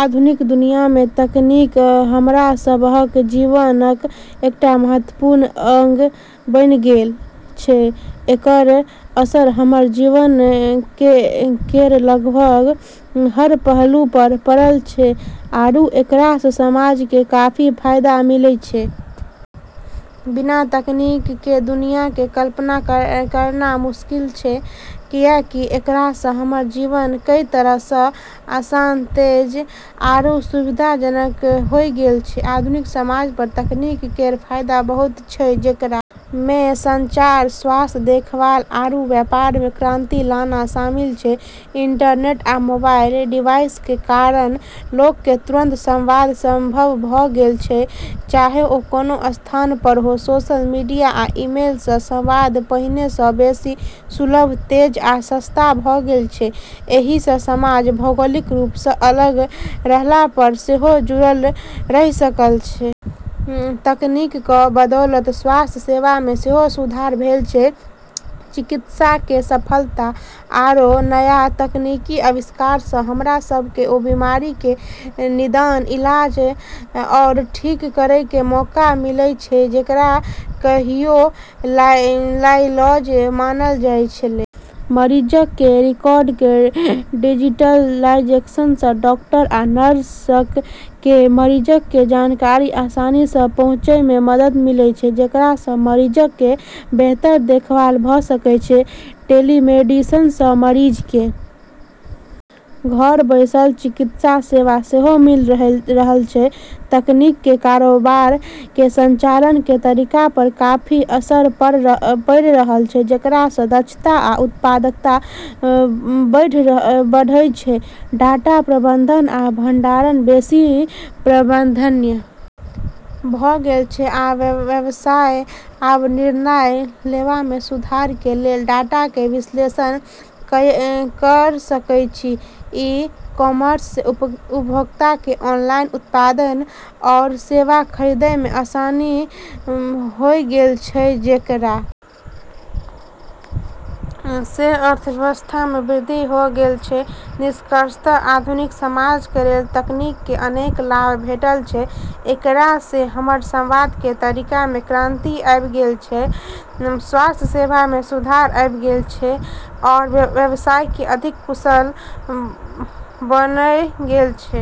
आधुनिक दुनिया मे तकनीक हमरा सबहक जीवनक एकटा महत्वपूर्ण अंग बनि गेल अछि, एकरऽ असर हमरऽ जीवन केरऽ लगभग हर पहलू प॑ पड़लऽ छै आरू एकरा से समाज के काफी फायदा मिललऽ छै, बिना तकनीक के दुनिया के कल्पना करना मुश्किल छै कैन्हेंकि एकरा से हमरऽ जीवन कई तरह से आसान, तेज आरू सुविधाजनक होय गेलऽ छै, आधुनिक समाज पर तकनीक केरऽ फायदा बहुत छै जेकरा मे संचार, स्वास्थ्य देखभाल आरू व्यापार मे क्रांति लाना शामिल छै, इंटरनेट आ मोबाइल डिवाइस के कारण लोक के तुरंत संवाद संभव भ गेल अछि चाहे ओ कोनो स्थान पर हो, सोशल मीडिया आ ईमेल सं संवाद पहिने सं बेसि सुलभ, तेज आ सस्ता भ गेल अछि, एहि सँ समाज भौगोलिक रूप सँ अलग रहला पर सेहो जुड़ल रहि सकल अछि। तकनीक क बदौलत स्वास्थ्य सेवा मे सेहो सुधार भेल अछि। चिकित्सा केरऽ सफलता आरू नया तकनीकी आविष्कार से हमरा सब के उ बीमारी के निदान, इलाज आरू ठीक करै के मौका मिललऽ छै जेकरा कभियो लाइलाज मानलऽ जाय छेलै। मरीजक कें रिकॉर्ड कें डिजिटाइजेशन सं डॉक्टर आ नर्सक कें मरीजक कें जानकारी आसानी सं पहुंचय मे मदद मिलल छै जेकरा सं मरीजक कें बेहतर देखभाल भ सकय छै, टेलीमेडिसिन सं मरीज के घर बैसल चिकित्सा सेवा सेहो मिल रहल अछि, तकनीक कें कारोबार कें संचालन कें तरीका पर काफी असर पड़ल छै जेकरा सं दक्षता आ उत्पादकता बढ़ल छै, डाटा प्रबंधन आ भंडारण बेसि प्रबंधनीय भ गेल छै आ व्यवसाय आब निर्णय लेवा मे सुधार कें लेल डाटा कें विश्लेषण कयर सकय छै, ई-कॉमर्स से उपभोक्ता के ऑनलाइन उत्पाद आरू सेवा खरीदै मे आसानी होय गेलऽ छै जेकरा से अर्थव्यवस्था मे वृद्धि होय गेलऽ छै, निष्कर्षतः आधुनिक समाज के लेल तकनीक के अनेक लाभ भेटल अछि, एकरा से हमरऽ संवाद के तरीका मे क्रांति आबी गेलऽ छै, स्वास्थ्य सेवा मे सुधार आबी गेलऽ छै आरू व्यवसाय के अधिक कुशल बनैलऽ गेलऽ छै।